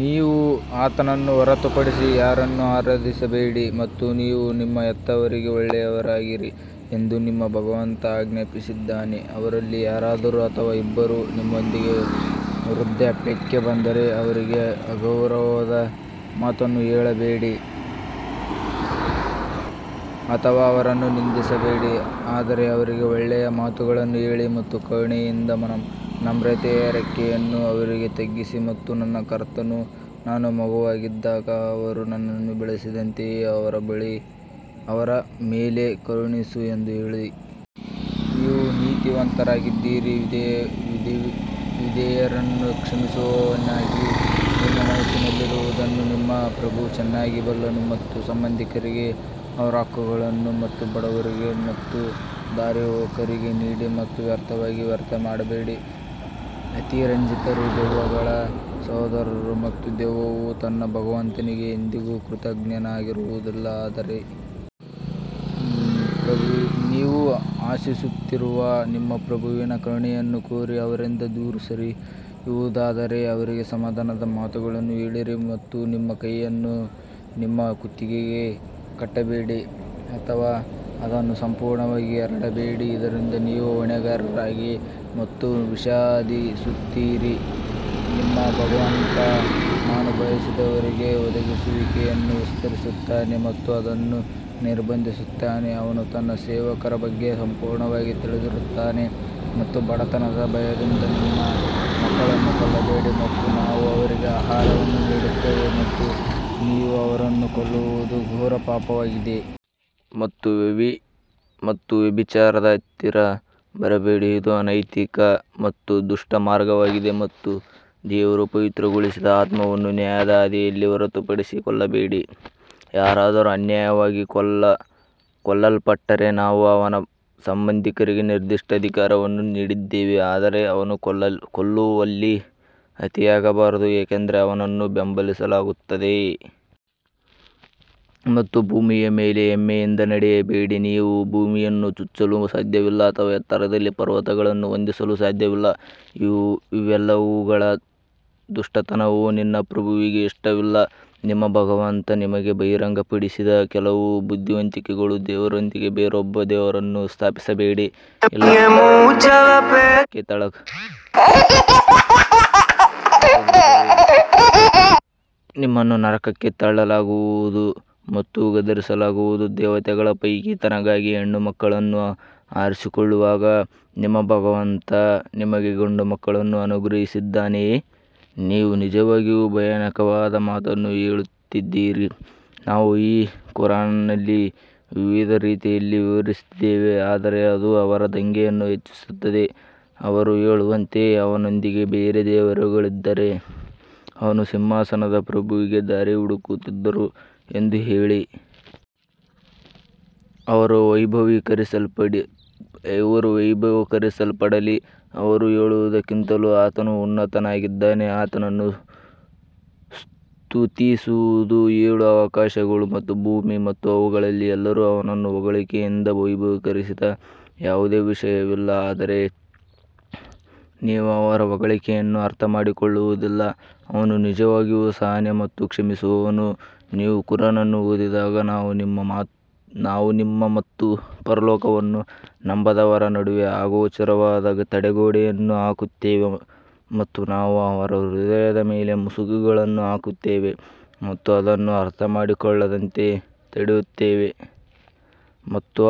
ನೀವು ಆತನನ್ನು ಹೊರತುಪಡಿಸಿ ಯಾರನ್ನೂ ಆರಾಧಿಸಬೇಡಿ ಮತ್ತು ನೀವು ನಿಮ್ಮ ಹೆತ್ತವರಿಗೆ ಒಳ್ಳೆಯವರಾಗಿರಿ ಎಂದು ನಿಮ್ಮ ಭಗವಂತ ಆಜ್ಞಾಪಿಸಿದ್ದಾನೆ, ಅವರಲ್ಲಿ ಯಾರಾದರೂ ಅಥವಾ ಇಬ್ಬರೂ ನಿಮ್ಮೊಂದಿಗೆ ವೃದ್ಧಾಪ್ಯಕ್ಕೆ ಬಂದರೆ ಅವರಿಗೆ ಅಗೌರವದ ಮಾತನ್ನು ಹೇಳಬೇಡಿ ಅಥವಾ ಅವರನ್ನು ನಿಂದಿಸಬೇಡಿ ಆದರೆ ಅವರಿಗೆ ಒಳ್ಳೆಯ ಮಾತುಗಳನ್ನು ಹೇಳಿ ಮತ್ತು ಕರುಣೆಯಿಂದ ನಮ್ರತೆಯ ರೆಕ್ಕೆಯನ್ನು ಅವರಿಗೆ ತಗ್ಗಿಸಿ ಮತ್ತು ನನ್ನ ಕರ್ತನು ನಾನು ಮಗುವಾಗಿದ್ದಾಗ ಅವರು ನನ್ನನ್ನು ಬೆಳೆಸಿದಂತೆಯೇ ಅವರ ಮೇಲೆ ಕರುಣಿಸು ಎಂದು ಹೇಳಿ. ನೀವು ನೀತಿವಂತರಾಗಿದ್ದರೆ ವಿಧೇಯರನ್ನು ಕ್ಷಮಿಸುವವನಾಗಿ ನಿಮ್ಮ ಮನಸ್ಸಿನಲ್ಲಿರುವದನ್ನು ನಿಮ್ಮ ಪ್ರಭು ಚೆನ್ನಾಗಿ ಬಲ್ಲನು ಮತ್ತು ಸಂಬಂಧಿಕರಿಗೆ ಅವರ ಹಕ್ಕುಗಳನ್ನು ಮತ್ತು ಬಡವರಿಗೆ ಮತ್ತು ದಾರಿಹೋಕರಿಗೆ ನೀಡಿ ಮತ್ತು ವ್ಯರ್ಥವಾಗಿ ವ್ಯರ್ಥ ಮಾಡಬೇಡಿ ಅತಿರಂಜಿತರು ದೆವ್ವಗಳ ಸಹೋದರರು ಮತ್ತು ದೆವ್ವವು ತನ್ನ ಭಗವಂತನಿಗೆ ಎಂದಿಗೂ ಕೃತಜ್ಞನಾಗಿರುವುದಿಲ್ಲ ಆದರೆ ನೀವು ಆಶಿಸುತ್ತಿರುವ ನಿಮ್ಮ ಪ್ರಭುವಿನ ಕರುಣೆಯನ್ನು ಕೋರಿ ಅವರಿಂದ ದೂರ ಸರಿಯುವುದಾದರೆ ಅವರಿಗೆ ಸಮಾಧಾನದ ಮಾತುಗಳನ್ನು ಹೇಳಿರಿ ಮತ್ತು ನಿಮ್ಮ ಕೈಯನ್ನು ನಿಮ್ಮ ಕುತ್ತಿಗೆಗೆ ಕಟ್ಟಬೇಡಿ ಅಥವಾ ಅದನ್ನು ಸಂಪೂರ್ಣವಾಗಿ ಹರಡಬೇಡಿ ಇದರಿಂದ ನೀವು ಹೊಣೆಗಾರರಾಗಿ ಮತ್ತು ವಿಷಾದಿಸುತ್ತೀರಿ ನಿಮ್ಮ ಭಗವಂತ ತಾನು ಬಯಸಿದವರಿಗೆ ಒದಗಿಸುವಿಕೆಯನ್ನು ವಿಸ್ತರಿಸುತ್ತಾನೆ ಮತ್ತು ಅದನ್ನು ನಿರ್ಬಂಧಿಸುತ್ತಾನೆ ಅವನು ತನ್ನ ಸೇವಕರ ಬಗ್ಗೆ ಸಂಪೂರ್ಣವಾಗಿ ತಿಳಿದಿರುತ್ತಾನೆ ಮತ್ತು ಬಡತನದ ಭಯದಿಂದ ನಿಮ್ಮ ಮಕ್ಕಳನ್ನು ಕೊಲ್ಲಬೇಡಿ ಮತ್ತು ನಾವು ಅವರಿಗೆ ಆಹಾರವನ್ನು ನೀಡುತ್ತೇವೆ ಮತ್ತು ನೀವು ಅವರನ್ನು ಕೊಲ್ಲುವುದು ಘೋರ ಪಾಪವಾಗಿದೆ. ಮತ್ತು ವ್ಯಭಿಚಾರದ ಹತ್ತಿರ ಬರಬೇಡಿ ಇದು ಅನೈತಿಕ ಮತ್ತು ದುಷ್ಟ ಮಾರ್ಗವಾಗಿದೆ ಮತ್ತು ದೇವರು ಪವಿತ್ರಗೊಳಿಸಿದ ಆತ್ಮವನ್ನು ನ್ಯಾಯದ ಹಾದಿಯಲ್ಲಿ ಹೊರತುಪಡಿಸಿ ಕೊಲ್ಲಬೇಡಿ, ಯಾರಾದರೂ ಅನ್ಯಾಯವಾಗಿ ಕೊಲ್ಲಲ್ಪಟ್ಟರೆ ನಾವು ಅವನ ಸಂಬಂಧಿಕರಿಗೆ ನಿರ್ದಿಷ್ಟ ಅಧಿಕಾರವನ್ನು ನೀಡಿದ್ದೇವೆ ಆದರೆ ಅವನು ಕೊಲ್ಲುವಲ್ಲಿ ಅತಿಯಾಗಬಾರದು ಏಕೆಂದರೆ ಅವನನ್ನು ಬೆಂಬಲಿಸಲಾಗುತ್ತದೆ. ಮತ್ತು ಭೂಮಿಯ ಮೇಲೆ ಹೆಮ್ಮೆಯಿಂದ ನಡೆಯಬೇಡಿ ನೀವು ಭೂಮಿಯನ್ನು ಚುಚ್ಚಲು ಸಾಧ್ಯವಿಲ್ಲ ಅಥವಾ ಎತ್ತರದಲ್ಲಿ ಪರ್ವತಗಳನ್ನು ಹೊಂದಿಸಲು ಸಾಧ್ಯವಿಲ್ಲ ಇವೆಲ್ಲವುಗಳ ದುಷ್ಟತನವು ನಿನ್ನ ಪ್ರಭುವಿಗೆ ಇಷ್ಟವಿಲ್ಲ ನಿಮ್ಮ ಭಗವಂತ ನಿಮಗೆ ಬಹಿರಂಗಪಡಿಸಿದ ಕೆಲವು ಬುದ್ಧಿವಂತಿಕೆಗಳು ದೇವರೊಂದಿಗೆ ಬೇರೊಬ್ಬ ದೇವರನ್ನು ಸ್ಥಾಪಿಸಬೇಡಿ ಇಲ್ಲದಿದ್ದರೆ ನಿಮ್ಮನ್ನು ನರಕಕ್ಕೆ ತಳ್ಳಲಾಗುವುದು ಮತ್ತು ಗದರಿಸಲಾಗುವುದು ದೇವತೆಗಳ ಪೈಕಿ ತನಗಾಗಿ ಹೆಣ್ಣುಮಕ್ಕಳನ್ನು ಆರಿಸಿಕೊಳ್ಳುವಾಗ ನಿಮ್ಮ ಭಗವಂತ ನಿಮಗೆ ಗಂಡುಮಕ್ಕಳನ್ನು ಅನುಗ್ರಹಿಸಿದ್ದಾನೆಯೇ, ನೀವು ನಿಜವಾಗಿಯೂ ಭಯಾನಕವಾದ ಮಾತನ್ನು ಹೇಳುತ್ತಿದ್ದೀರಿ ನಾವು ಈ ಕುರಾನ್ನಲ್ಲಿ ವಿವಿಧ ರೀತಿಯಲ್ಲಿ ವಿವರಿಸಿದ್ದೇವೆ, ಆದರೆ ಅದು ಅವರ ದಂಗೆಯನ್ನು ಹೆಚ್ಚಿಸುತ್ತದೆ ಅವರು ಹೇಳುವಂತೆ ಅವನೊಂದಿಗೆ ಬೇರೆ ದೇವರುಗಳಿದ್ದರೆ ಅವರು ಸಿಂಹಾಸನದ ಪ್ರಭುವಿಗೆ ದಾರಿ ಹುಡುಕುತ್ತಿದ್ದರು ಎಂದು ಹೇಳಿ. ಅವರು ವೈಭವೀಕರಿಸಲ್ಪಡಲಿ, ಅವರು ಹೇಳುವುದಕ್ಕಿಂತಲೂ ಆತನು ಉನ್ನತನಾಗಿದ್ದಾನೆ ಆತನನ್ನು ಸ್ತುತಿಸುವುದು ಏಳು ಆಕಾಶಗಳು ಮತ್ತು ಭೂಮಿ ಮತ್ತು ಅವುಗಳಲ್ಲಿ ಎಲ್ಲರೂ ಅವನನ್ನು ಹೊಗಳಿಕೆಯಿಂದ ವೈಭವೀಕರಿಸದ ಯಾವುದೇ ವಿಷಯವಿಲ್ಲ ಆದರೆ ನೀವು ಅವರ ಹೊಗಳಿಕೆಯನ್ನು ಅರ್ಥಮಾಡಿಕೊಳ್ಳುವುದಿಲ್ಲ ಅವನು ನಿಜವಾಗಿಯೂ ಸಹನೆ ಮತ್ತು ಕ್ಷಮಿಸುವನು ನೀವು ಖುರಾನ್ ಅನ್ನು ಓದಿದಾಗ ನಾವು ನಿಮ್ಮ ಮತ್ತು ಪರಲೋಕವನ್ನು ನಂಬದವರ ನಡುವೆ ಅಗೋಚರವಾದ ತಡೆಗೋಡೆಯನ್ನು ಹಾಕುತ್ತೇವೆ ಮತ್ತು ನಾವು ಅವರ ಹೃದಯದ ಮೇಲೆ ಮುಸುಕುಗಳನ್ನು ಹಾಕುತ್ತೇವೆ ಮತ್ತು ಅದನ್ನು ಅರ್ಥಮಾಡಿಕೊಳ್ಳದಂತೆ ತಡೆಯುತ್ತೇವೆ ಮತ್ತು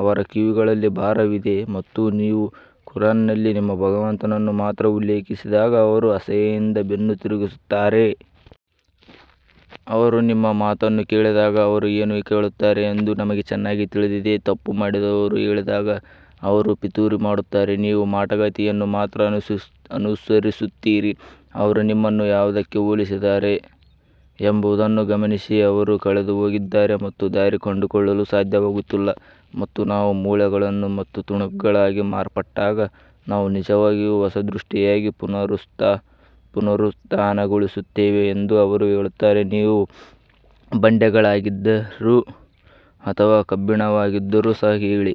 ಅವರ ಕಿವಿಗಳಲ್ಲಿ ಭಾರವಿದೆ ಮತ್ತು ನೀವು ಕುರಾನ್ನಲ್ಲಿ ನಿಮ್ಮ ಭಗವಂತನನ್ನು ಮಾತ್ರ ಉಲ್ಲೇಖಿಸಿದಾಗ ಅವರು ಅಸಹ್ಯದಿಂದ ಬೆನ್ನು ತಿರುಗಿಸುತ್ತಾರೆ. ಅವರು ನಿಮ್ಮ ಮಾತನ್ನು ಕೇಳಿದಾಗ ಅವರು ಏನು ಕೇಳುತ್ತಾರೆ ಎಂದು ನಮಗೆ ಚೆನ್ನಾಗಿ ತಿಳಿದಿದೆ, ತಪ್ಪು ಮಾಡಿದವರು ಹೇಳಿದಾಗ ಅವರು ಪಿತೂರಿ ಮಾಡುತ್ತಾರೆ, ನೀವು ಮಾಟಗಾತಿಯನ್ನು ಮಾತ್ರ ಅನುಸರಿಸುತ್ತೀರಿ ಅವರು ನಿಮ್ಮನ್ನು ಯಾವುದಕ್ಕೆ ಹೋಲಿಸಿದ್ದಾರೆ ಎಂಬುದನ್ನು ಗಮನಿಸಿ ಅವರು ಕಳೆದುಹೋಗಿದ್ದಾರೆ ಮತ್ತು ದಾರಿ ಕಂಡುಕೊಳ್ಳಲು ಸಾಧ್ಯವಾಗುತ್ತಿಲ್ಲ ಮತ್ತು ನಾವು ಮೂಳೆಗಳು ಮತ್ತು ತುಣುಕುಗಳಾಗಿ ಮಾರ್ಪಟ್ಟಾಗ ನಾವು ನಿಜವಾಗಿಯೂ ಹೊಸ ಸೃಷ್ಟಿಯಾಗಿ ಪುನರುತ್ಥಾನಗೊಳ್ಳುತ್ತೇವೆ ಎಂದು ಅವರು ಹೇಳುತ್ತಾರೆ ನೀವು ಬಂಡೆಗಳಾಗಿದ್ದರೂ ಅಥವಾ ಕಬ್ಬಿಣವಾಗಿದ್ದರೂ ಸಹ ಹೇಳಿ.